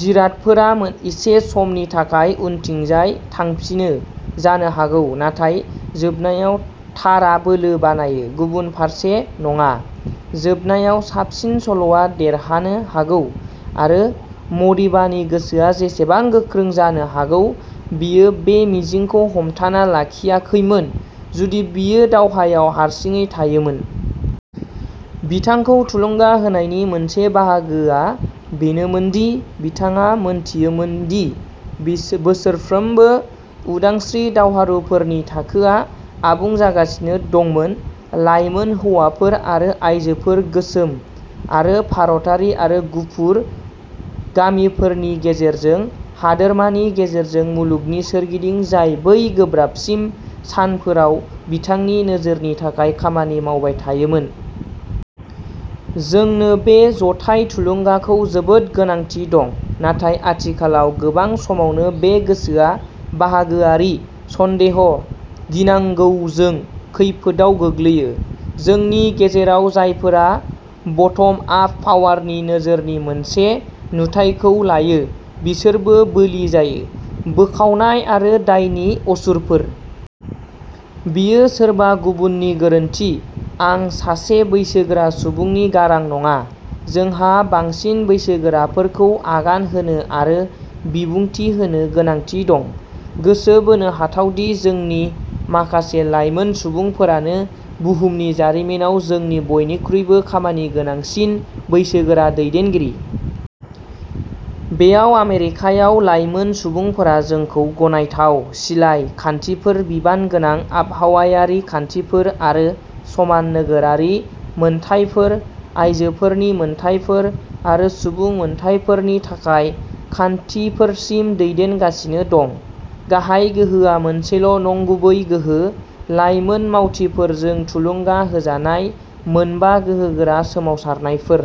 जिरादफोरा एसे समनि थाखाय उनथिंजाय थांफिनो जानो हागौ, नाथाय जोबनायाव, थारआ बोलो बानायो, गुबुन फारसे नङा। जोबनायाव, साबसिन सल'आ देरहानो हागौ आरो मदिबानि गोसोआ जेसेबां गोख्रों जानो हागौ, बियो बे मिजिंखौ हमथाना लाखियाखैमोन जुदि बियो दावहायाव हारसिङै थायोमोन। बिथांखौ थुलुंगा होनायनि मोनसे बाहागोआ बेनोमोन दि बिथाङा मोनथियोमोन दि बोसोरफ्रोमबो, उदांस्रि दावहारुफोरनि थाखोआ आबुं जागासिनो दंमोन, लाइमोन हौवाफोर आरो आयजोफोर; गोसोम आरो भारतारि आरो गुफुर, गामिफोरनि गेजेरजों, हादोरमानि गेजेरजों, मुलुगनि सोरगिदिं, जाय बै गोब्राबसिन सानफोराव बिथांनि नोजोरनि थाखाय खामानि मावबाय थायोमोन। जोंनो बे जथाय थुलुंगाखौ जोबोद गोनांथि दं। नाथाय आथिखालाव गोबां समावनो, बे गोसोआ बाहागोआरि, सन्देह गिनांगौजों खैफोदआव गोग्लैयो। जोंनि गेजेराव जायफोरा ब'टम आप पावारनि नोजोरनि मोनसे नुथायखौ लायो, बिसोरबो बोलि जायो। बोखावनाय आरो दायनि असुरफोर। "बेयो सोरबा गुबुननि गोरोन्थि" आं सासे बैसोगोरा सुबुंनि गारां नङा। जोंहा बांसिन बैसोगोराफोरखौ आगान होनो आरो बिबुंथि होनो गोनांथि दं। गोसो बोनो हाथाव दि, जोंनि माखासे लाइमोन सुबुंफोरानो बुहुमनि जारिमिनाव जोंनि बयनिख्रुइबो खामानिगोनांसिन बैसोगोरा दैदेनगिरि। बेयाव आमेरिकायाव, लाइमोन सुबुंफोरा जोंखौ गनायथाव सिलाइ खान्थिफोर, बिबानगोनां आबहावायारि खान्थिफोर आरो समान नोगोरारि मोनथायफोर, आयजोफोरनि मोनथायफोर आरो सुबुं मोनथायफोरनि थाखाय खान्थिफोरसिम दैदेनगासिनो दं। गाहाय गोहोआ मोनसेल'नंगुबै गोहो। लाइमोन मावथिफोरजों थुलुंगा होजानाय मोनबा गोहोगोरा सोमावसारनायफोर।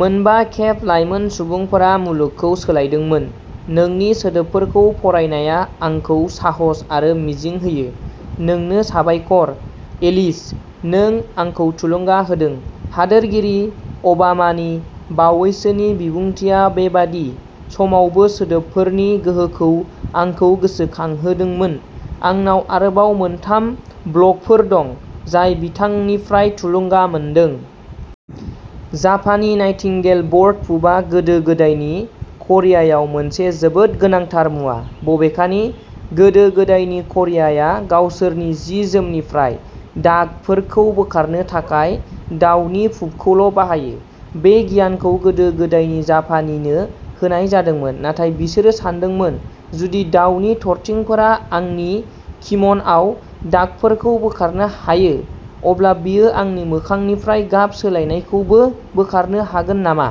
मोनबा खेब लाइमोन सुबुंफोरा मुलुगखौ सोलायदोंमोन। नोंनि सोदोबफोरखौ फरायनाया आंखौ साहस आरो मिजिं होयो। नोंनो साबायखर, एलिस। नों आंखौ थुलुंगा होदों। हादोरगिरि अबामानि बावैसोनि बिबुंथिआ बेबादि समावबो सोदोबफोरनि गोहोखौ आंखौ गोसोखांहोदोंमोन। आंनाव आरोबाव मोनथाम ब्लगफोर दं, जाय बिथांनिफ्राय थुलुंगा मोनदों। जापानी नाइटिंगेल बर्ड पुपआ गोदो-गोदायनि करियायाव मोनसे जोबोद गोनांथार मुवा। बबेखानि, गोदो-गोदायनि करियाया गावसोरनि जि-जोमनिफ्राय दागफोरखौ बोखारनो थाखाय दावनि पुपखौल'बाहायो। बे गियानखौ गोदो-गोदायनि जापानिनो होनाय जादोंमोन नाथाय बिसोरो सानदोंमोन, "जुदि दावनि थरथिंफोरा आंनि किमन'आव दागफोरखौ बोखारनो हायो, अब्ला बेयो आंनि मोखांनिफ्राय गाब सोलायनायखौबो बोखारनो हागोन नामा?